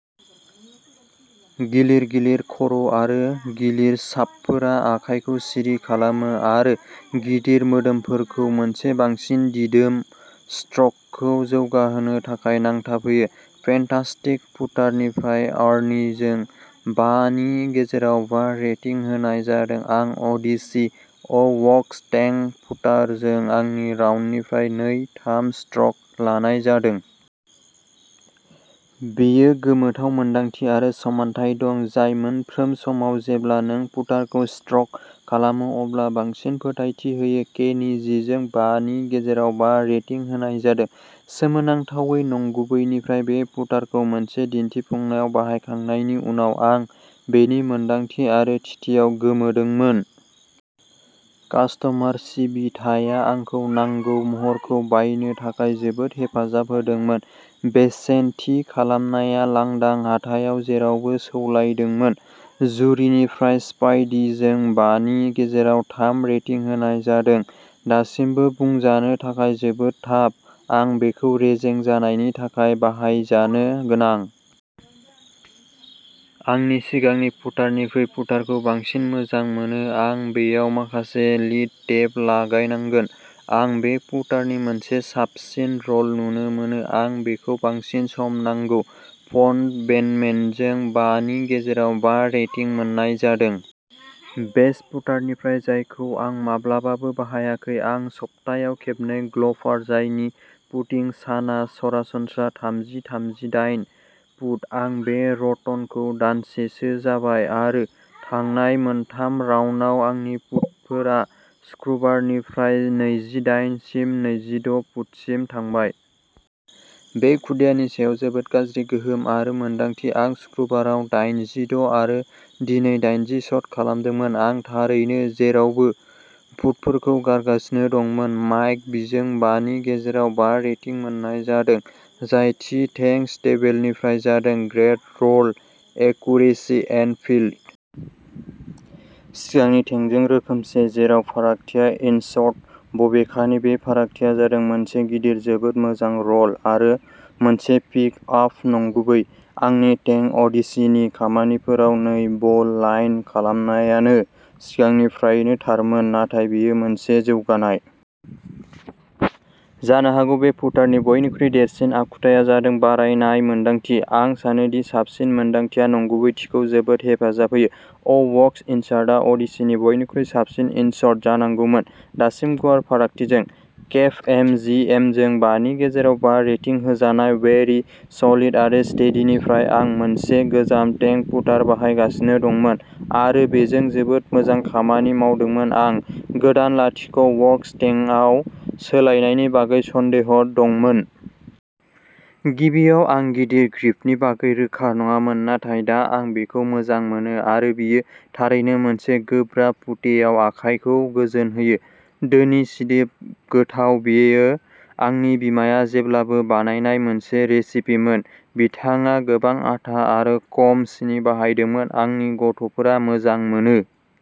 गिलिर, गिलिर खर' आरो गिलिर शाफ्टफोरा आखाइखौ सिरि खालामो आरो गिदिर मोदोमफोरखौ मोनसे बांसिन दिदोम स्ट्रकखौ जौगाहोनो थाखाय नांथाबहोयो। फेन्टास्टिक पुटारनिफ्राय आरनिजों बा नि गेजेराव बा रेटिं होनाय जादों आं अडिसी अ-वर्क्स टेंक पुटारजों आंनि राउन्डनिफ्राय नै-थाम स्ट्रक लानाय जादों। बेयो गोमोथाव मोनदांथि आरो समानथाय दं। जाय मोनफ्रोम समाव जेब्ला नों पुटारखौ स्ट्रक खालामो अब्ला बांसिन फोथायथि होयो। केनी जिजों बा नि गेजेराव बा रेटिं होनाय जादों सोमोनांथावै नंगुबैनिफ्राय बे पुटारखौ मोनसे दिन्थिफुंनायाव बाहायखांनायनि उनाव आं बेनि मोनदांथि आरो थिथियाव गोमोदोंमोन। कास्ट'मार सिबिथाया आंखौ नांगौ महरखौ बायनो थाखाय जोबोद हेफाजाब होदोंमोन। बेसेन थि खालामनाया लांदां हाथायाव जेरावबो सौलायदोंमोन। जुरिनिफ्राय स्पाइडी जों बा नि गेजेराव थाम रेटिं होनाय जादों दासिमबो बुंजानो थाखाय जोबोद थाब। आं बेखौ रेजें जानायनि थाखाय बाहायजानो गोनां। आंनि सिगांनि पुटारनिख्रुइ पुटारखौ बांसिन मोजां मोनो। आं बेयाव माखासे लिड टेप लागायनांगोन। आं बे पुटारनि मोनसे साबसिन र'ल नुनो मोनो। आं बेखौ बांसिन सम नांगौ। फट'बेन्डमेनजों बा नि गेजेराव बा रेटिं मोननाय जादों। बेस्ट पुटारनिफ्राय जायखौ आं माब्लाबाबो बाहायाखै। आं सप्तायाव खेबनै ग्लफार जायनि पुटिं साना सरासनस्रा थामजि-थामजि दाइन पुट। आं बे रत'नखौ दानसेसो जाबाय आरो थांनाय मोनथाम राउन्डआव आंनि पुटफोरा सुक्रुबारनिफ्राय नैजिदाइन सिम नैजिद’ पुटसिम थांबाय। बे खुदियानि सायाव जोबोद गाज्रि गोहोम आरो मोन्दांथि। आं सुक्रुबाराव दाइन जिद’ आरो दिनै दाइनजि शट खालामदोंमोन। आं थारैनो जेरावबो पुटफोरखौ गारगासिनो दंमोन। माइक बिजों बा नि गेजेराव बा रेटिं मोननाय जादो। जाय थि टेंक स्टेबिलिटिनिफ्राय जादों-ग्रेट र'ल, एक्युरेसि एन्ड फिल। सिगांनि टेंक जों रोखोमसे। जेराव फारागथिया इन्सर्ट। बबेखानि बे फारागथिया जादों मोनसे गिदिर। जोबोद मोजां र'ल आरो मोनसे पिक आप नंगुबै। आंनि टेंक अडिसीनि खामानिफोराव नै बल लाइन खालामनायानो सिगांनिफ्रायनो थारमोन। नाथाय बेयो मोनसे जौगानाय। जानो हागौ बे पुटारनि बयनिख्रुइ देरसिन आखुथाया जादों बारायनाय मोनदांथि। आं सानो दि साबसिन मोनदांथिया नंगुबैथिखौ जोबोद हेफाजाब होयो। अ-वर्क्स इन्सरटआ अडिसीनि बयनिख्रुइ साबसिन इन्सरट जानांगौमोन दासिम गुवार फारागथिजों। केप्ट एम जि एमजों बा नि गेजेराव बा रेटिं होजानाय वेरी सलिड आरो स्टेडीनिफ्राय आं मोनसे गोजाम टेंक पुटार बाहायगासिनो दंमोन आरो बेजों जोबोद मोजां खामानि मावदोंमोन आं गोदान लाथिख’-वरक्स टेंक आव सोलायनायनि बागै सन्देह दंमोन। गिबियाव आं गिदिर ग्रिपनि बागै रोखा नङामोन नाथाय दा आं बेखौ मोजां मोनो आरो बेयो थारैनो मोनसे गोब्राब पुटेआव आखाइखौ गोजोन होयो। धोनि, सिदोब, गोथाव। बेयो आंनि बिमाया जेब्लाबो बानायनाय मोनसे रेसिपिमोन। बिथाङा गोबां आटा आरो खम सिनि बाहायदोंमोन। आंनि गथ'फोरा मोजां मोनो।